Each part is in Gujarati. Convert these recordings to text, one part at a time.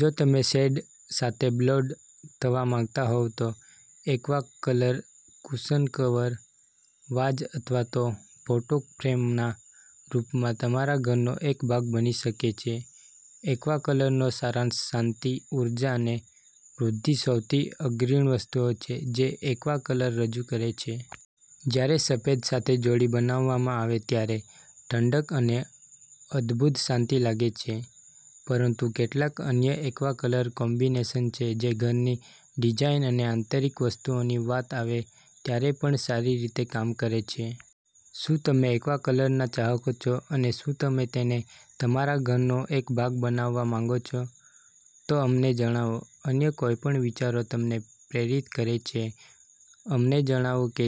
જો તમે શેડ સાથે બ્લડ થવા માંગતા હોવ તો aqua colour cushion cover, vase અથવા તો ફોટો ફ્રેમના રૂપમાં તમારા ઘરનો એક ભાગ બની શકે છે. એક્વા કલરનો સારાંશ શાંતિ, ઉર્જા અને વૃદ્ધિસૌથી અગ્રણી વસ્તુઓ છે જે એક્વા કલર રજૂ કરે છે. જ્યારે સફેદ સાથે જોડી બનાવવામાં આવે ત્યારે ઠંડક અને અદ્ભુત શાંતિ લાગે છે, પરંતુ કેટલાક અન્ય એક્વા કલર કોમ્બિનેશન છે જે ઘરની ડિઝાઇન અને આંતરિક વસ્તુઓની વાત આવે ત્યારે પણ સારી રીતે કામ કરે છે. શું તમે એક્વા કલરના ચાહક છો અને શું તમે તેને તમારા ઘરનો એક ભાગ બનાવવા માંગો છો? તો અમને જણાવો. અન્ય કોઈપણ વિચારો તમને પ્રેરિત કરે છે? અમને જણાવો કે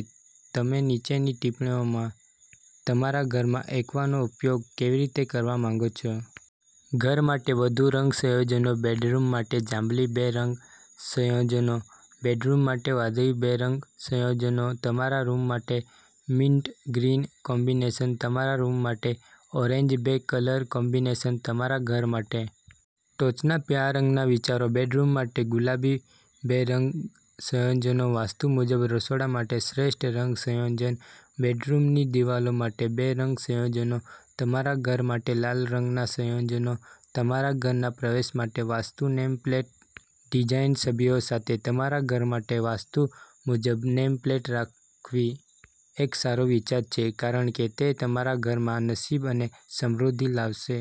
તમે નીચેની ટિપ્પણીઓમાં તમારા ઘરમાં એક્વાનો ઉપયોગ કેવી રીતે કરવા માંગો છો. ઘર માટે વધુ રંગ સંયોજનો બેડરૂમ માટે જાંબલી બે રંગ સંયોજનો બેડરૂમ માટે વાદળી બે રંગ સંયોજનો તમારા રૂમ માટે મિન્ટ ગ્રીન કોમ્બિનેશન તમારા રૂમ માટે ઓરેન્જ બે કલર કોમ્બિનેશન તમારા ઘર માટે ટોચના પીળા રંગના વિચારો બેડરૂમ માટે ગુલાબી બે રંગ સંયોજનો વાસ્તુ મુજબ રસોડા માટે શ્રેષ્ઠ રંગ સંયોજન બેડરૂમની દિવાલો માટે બે રંગ સંયોજનો તમારા ઘર માટે લાલ રંગના સંયોજનો તમારા ઘરના પ્રવેશ માટે વાસ્તુ નેમ પ્લેટ ડિઝાઇનછબીઓ સાથે તમારા ઘર માટે વાસ્તુ મુજબ નેમ પ્લેટ રાખવીએક સારો વિચાર છે કારણ કે તે તમારા ઘરમાં નસીબ અને સમૃદ્ધિ લાવશે.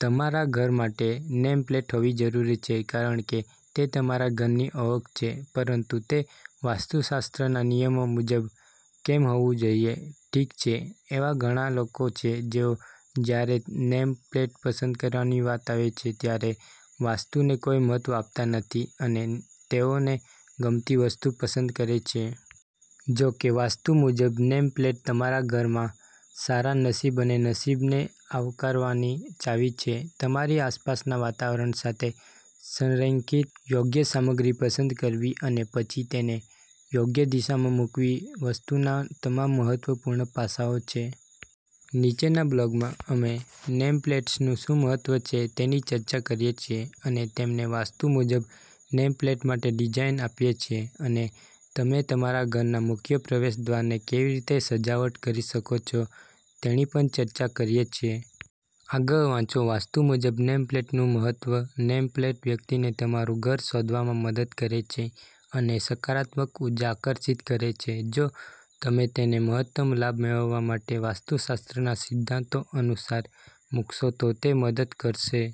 તમારા ઘર માટે નેમ પ્લેટ હોવી જરૂરી છે કારણ કે તે તમારા ઘરની ઓળખ છે. પરંતુ તે વાસ્તુશાસ્ત્રના નિયમો મુજબ કેમ હોવું જોઈએ? ઠીક છે, એવા ઘણા લોકો છે જેઓ જ્યારે નેમ પ્લેટ પસંદ કરવાની વાત આવે છે ત્યારે વાસ્તુને કોઈ મહત્વ આપતા નથી અને તેઓને ગમતી વસ્તુ પસંદ કરે છે. જો કે, વાસ્તુ મુજબ નેમ પ્લેટ તમારા ઘરમાં સારા નસીબ અને નસીબને આવકારવાની ચાવી છે. તમારી આસપાસના વાતાવરણ સાથે સંરેખિત યોગ્ય સામગ્રી પસંદ કરવી અને પછી તેને યોગ્ય દિશામાં મૂકવી વાસ્તુના તમામ મહત્વપૂર્ણ પાસાઓ છે. નીચેના બ્લોગમાં, અમે નેમ પ્લેટ્સનું શું મહત્વ છે તેની ચર્ચા કરીએ છીએ, અને તમને વાસ્તુ મુજબ નેમ પ્લેટ માટે ડિઝાઇન આપીએ છીએ, અને તમે તમારા ઘરના મુખ્ય પ્રવેશદ્વારને કેવી રીતે સજાવટ કરી શકો છો તેની પણ ચર્ચા કરીએ છીએ. આગળ વાંચો વાસ્તુ મુજબ નેમ પ્લેટનું મહત્વ નેમપ્લેટ વ્યક્તિને તમારું ઘર શોધવામાં મદદ કરે છે અને સકારાત્મક ઊર્જા આકર્ષિત કરે છે. જો તમે તેને મહત્તમ લાભ મેળવવા માટે વાસ્તુશાસ્ત્રના સિદ્ધાંતો અનુસાર મુકશો તો તે મદદ કરશે.